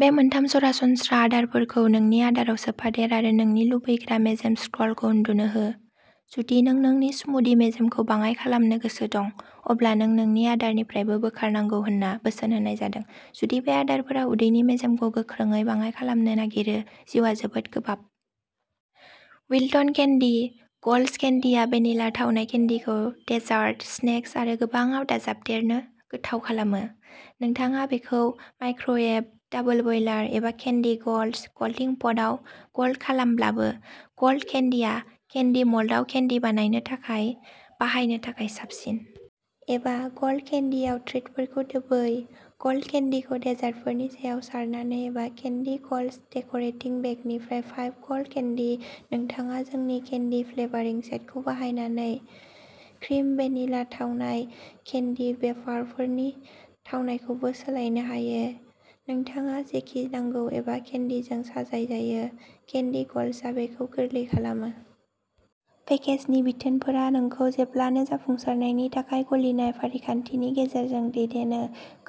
बे मोनथाम सरासनस्रा आदारफोरखौ नोंनि आदाराव सोफादेर आरो नोंनि लुबैग्रा मेजेम स्क्र'लखौ उन्दुनो हो। जुदि नों नोंनि स्मुदि मेजेमखौ बाङाय खालामनो गोसो दं, अब्ला नों नोंनि आदारनिफ्रायबो बोखारनांगौ होनना बोसोन होनाय जादों। जुदि बे आदारफोरा उदैनि मेजेमखौ गोख्रैयै बाङाय खालामनो नागिरो जिउआ जोबोद गोबाब। विल्टन केन्डि गल्ट्स केन्डिआ भेनिला थावनाय केन्डिखौ डेजार्ट, स्नेक्स आरो गोबांआव दाजाबदेरनो गोथाव खालामो। नोंथाङा बेखौ माइक्र'वेभ, डाबल बायलार एबा केन्डि गल्ट्स गल्टिं पटआव गल्ट खालामब्लाबो, गल्ट केन्डिआ केन्डि मोल्डआव केन्डि बानायनो थाखाय बाहायनो थाखाय साबसिन। एबा, गल्ट केन्डिआव ट्रिटफोरखौ दोबै, गल्ट केन्डिखौ डेजार्टफोरनि सायाव सारनानै एबा केन्डि गल्ट्स डेकोरेटिंग बेगनिफ्राय पाइप गल्ट केन्डि। नोंथाङा जोंनि केन्डि फ्लेभारिं सेटखौ बाहायनानै क्रिम भेनिला थावनाय केन्डि वेफारफोरनि थावनायखौबो सोलायनो हायो। नोंथाङा जेखि नांगौ एबा केन्डिजों साजायजायो, केन्डि गल्ट्सआ बेखौ गोरलै खालामो। पेकेजनि बिथोनफोरा नोंखौ जेब्लानो जाफुंसारनायनि थाखाय गलिनाय फारिखान्थिनि गेजेरजों दैदेनो।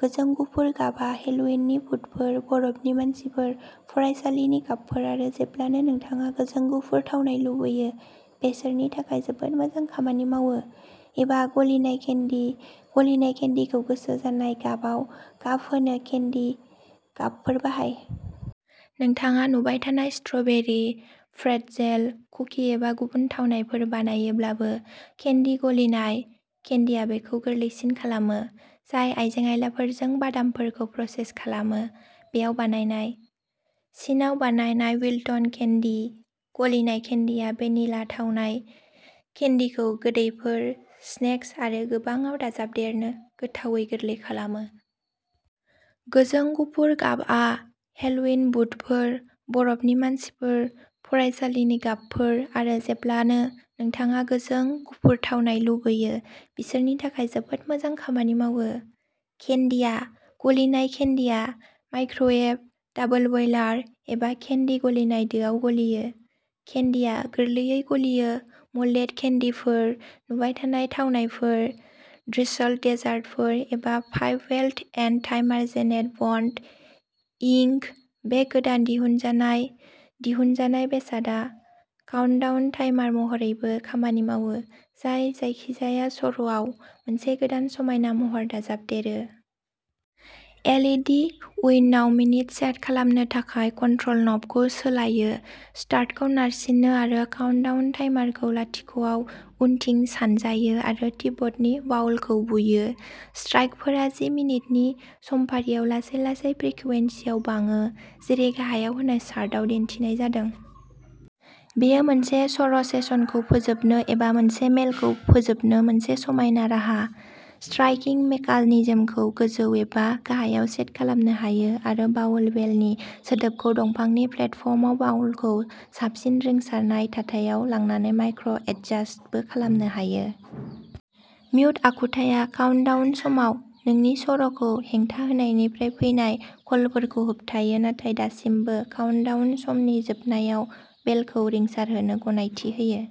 गोजों गुफुर गाबआ हेल'विन भुतफोर, बरफनि मानसिफोर, फरायसालिनि गाबफोर आरो जेब्लानो नोंथाङा गोजों गुफुर थावनाय लुबैयो, बिसोरनि थाखाय जोबोद मोजां खामानि मावो। एबा, गलिनाय केन्डि गलिनाय केन्डिखौ गोसो जानाय गाबाव गाब होनो केन्डि गाबफोर बाहाय। नोंथाङा डुबाय थानाय स्ट्र'बेरि, प्रेटजेल, कुकि एबा गुबुन थावनायफोर बानायोब्लाबो, केन्डि गलिनाय केन्डिआ बेखौ गोरलैसिन खालामो। जाय आइजें-आइलाफोरजोंबो बादामफोरखौ प्रसेस खालामो, बेयाव बानायनाय। चीनआव बानायनाय। विल्टन केन्डि गलिनाय केन्डिआ भेनिला-थावनाय केन्डिखौ गोदैफोर, स्नेक्स आरो गोबांआव दाजाबदेरनो गोथावै गोरलै खालामो। गोजों गुफुर गाबआ हेल'विन भुतफोर, बरफनि मानसिफोर, फरायसालिनि गाबफोर आरो जेब्लानो नोंथाङा गोजों गुफुर थावनाय लुबैयो, बिसोरनि थाखाय जोबोद मोजां खामानि मावो। केन्डिआ गलिनाय केन्डिआ माइक्र'वेभ, डाबल-बायलार एबा केन्डि गलिनाय दोआव गलियो। केन्डिआ गोरलैयै गलियो मोल्डेड केन्डिफोर, डुबाय थानाय थावनायफोर, ड्रिसल्ड देजार्टफोर एबा पाइप बेल एन्ड टाइमार-जेनेट बन्ड, इंक बे गोदान दिहुनजानाय दिहुनजानाय बेसादआ काउन्टडाउन टाइमार महरैबो खामानि मावो, जाय जायखिजाया सर'आव मोनसे गोदान समायना महर दाजाबदेरो। एल इ डि उइन्ड'आव मिनित सेट खालामनो थाखाय कन्ट्रल न'बखौ सोलायो, स्टार्टखौ नारसिनो आरो काउन्टडाउन टाइमारखौ लाथिख'आव उनथिं सानजायो आरो तिब्बतनि बाउलखौ बुयो। स्ट्राइकफोरा जि मिनिटनि समफारियाव लासै-लासै फ्रिकुवेन्सियाव बाङो जेरै गाहायाव होनाय चार्टआव दिन्थिनाय जादों। बेयो मोनसे सर'सेसनखौ फोजोबनो एबा मोनसे मेलखौ फोजोबनो मोनसे समायना राहा। स्ट्राइकिं मेकानिजमखौ गोजौ एबा गाहायआव सेट खालामनो हायो आरो बाउल बेलनि सोदोबखौ दंफांनि प्लेटफर्मआव बाउलखौ साबसिन रिंसारनाय थाथायाव लांनानै माइक्र'- एडजास्टबो खालामनो हायो। म्युट आखुथाया काउन्टडाउन समाव नोंनि सर'खौ हेंथा होनायनिफ्राय फैनाय कलफोरखौ होबथायो नाथाय दासिमबो काउन्टडाउन समनि जोबनायाव बेलखौ रिंसारहोनो गनायथि होयो।